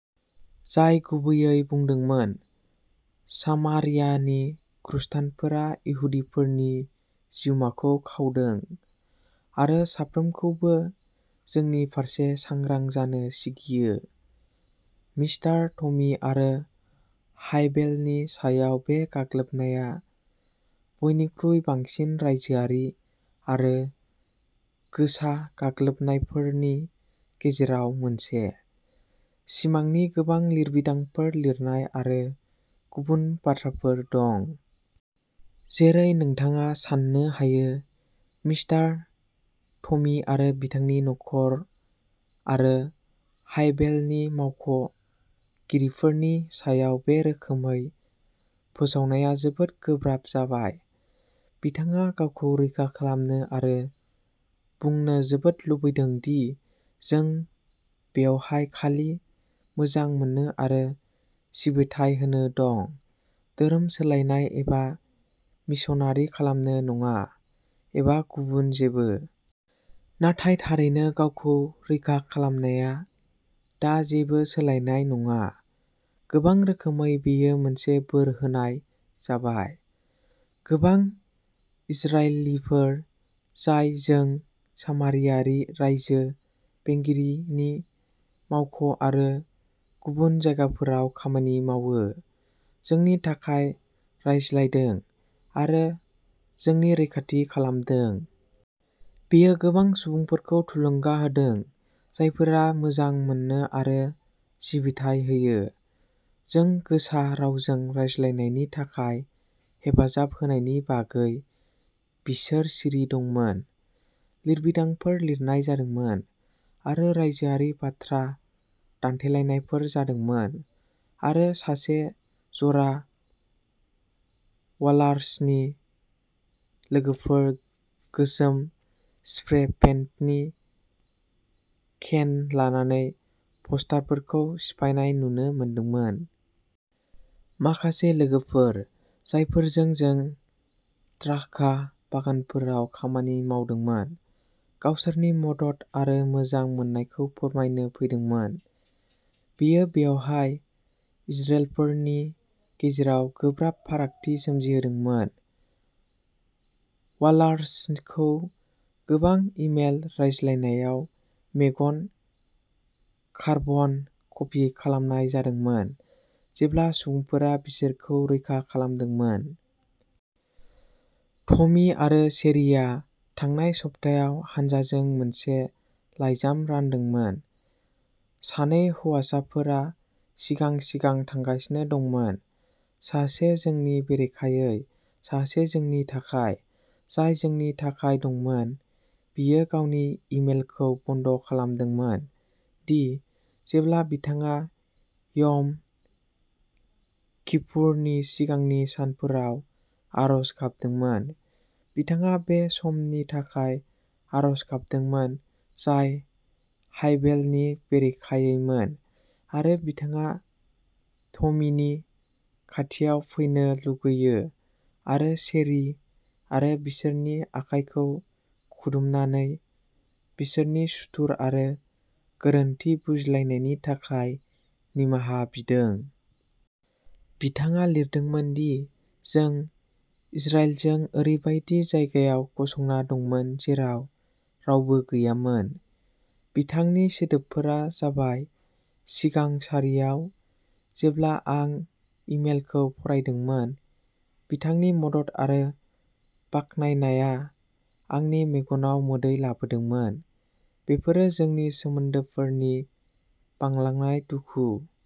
जाय गुबैयै बुंदोंमोन, "सामारियानि खृस्टानफोरा इहुदिफोरनि जिउमाखौ खावदों" आरो साफ्रोमखौबो जोंनि फारसे सांग्रां जानो सिगियो। मिस्टार टमी आरो हायभेलनि सायाव बे गाग्लोबनाया बयनिख्रुइ बांसिन रायजोआरि आरो "गोसा" गाग्लोबनायफोरनि गेजेराव मोनसे। सिमांनि गोबां लिरबिदांफोर लिरनाय आरो गुबुन बाथ्राफोर दं। जेरै नोंथाङा सान्नो हायो, मिस्टार टमी आरो बिथांनि न'खर आरो हायभेलनि मावख' गिरिफोरनि सायाव बे रोखोमै फोसावनाया जोबोद गोब्राब जाबाय। बिथाङा गावखौ रैखा खालामनो आरो बुंनो जोबोद लुबैदों दि जों बेवहाय खालि मोजां मोननो आरो सिबिथाइ होनो दं "धोरोम सोलायनाय" एबा मिशनारि खालामनो नङा, एबा गुबुन जेबो। नाथाय थारैनो, गावखौ रैखा खालामनाया दा जेबो सोलायनाय नङा। गोबां रोखोमै, बेयो मोनसे बोर होनाय जाबाय। गोबां इजरायलीफोर जाय जों सामारियारि रायजो बेंगिरिनि मावख' आरो गुबुन जायगाफोराव खामानि मावो, जोंनि थाखाय रायज्लायदों आरो जोंनि रैखाथि खालामदों। बेयो गोबां सुबुंफोरखौ थुलुंगा होदों जायफोरा मोजां मोनो आरो सिबिथाइ होयो। जों गोसा रावजों रायज्लायनायनि थाखाय हेफाजाब होनायनि बागै बिसोर सिरि दंमोन। लिरबिदांफोर लिरनाय जादोंमोन, आरो रायजोआरि बाथ्रा दान्थेलायनायफोर जादोंमोन, आरो सासे जरा वालार्सनि लोगोफोर गोसोम स्प्रे पेन्टनि केन लानानै पस्टारफोरखौ सिफायनाय नुनो मोनदोंमोन। माखासे लोगोफोर, जायफोरजों जों द्राक्षा बागानफोराव खामानि मावदोंमोन, गावसोरनि मदद आरो मोजां मोननायखौ फोरमायनो फैदोंमोन। बेयो बेवहाय इजरेलफोरनि गेजेराव गोब्राब फारागथि सोमजिहोदोंमोन। वालार्सखौ गोबां इमेल रायज्लायनायाव "मेगन कार्बन कपि" खालामनाय जादोंमोन, जेब्ला सुबुंफोरा बिसोरखौ रैखा खालामदोंमोन। टमी आरो शेरिआ थांनाय सप्तायाव हानजाजों मोनसे लाइजाम रानदोंमोन। सानै हौवाफोरा सिगां सिगां थांगासिनो दंमोन सासे जोंनि बेरेखायै, सासे जोंनि थाखाय। जाय जोंनि थाखाय दंमोन, बियो गावनि इमेलखौ बन्द' खालामदोंमोन दि जेब्ला बिथाङा यम किपुरनि सिगांनि सानफोराव आरज गाबदोंमोन, बिथाङा बे सुबुंनि थाखाय आरज गाबदोंमोन जाय हायभेलनि बेरेखायैमोन, आरो बिथाङा टमीनि खाथियाव फैनो लुगैयो आरो शेरी आरो बिसोरनि आखाइखौ खुदुमनानै बिसोरनि सुथुर आरो गोरोन्थि बुजिलायनायनि थाखाय निमाहा बिदों। बिथाङा लिरदोंमोन दि जों इजराइलजों ओरैबायदि जायगायाव गसंना दंमोन जेराव रावबो गैयामोन। बिथांनि सोदोबफोरा जाबाय, "सिगां सारियाव।" जेब्ला आं इमेलखौ फरायदोंमोन, बिथांनि मदद आरो बाख्नायनाया आंनि मेगनाव मोदै लाबोदोंमोन। बेफोरो जोंनि सोमोन्दोफोरनि "बांलांनाय दुखु"।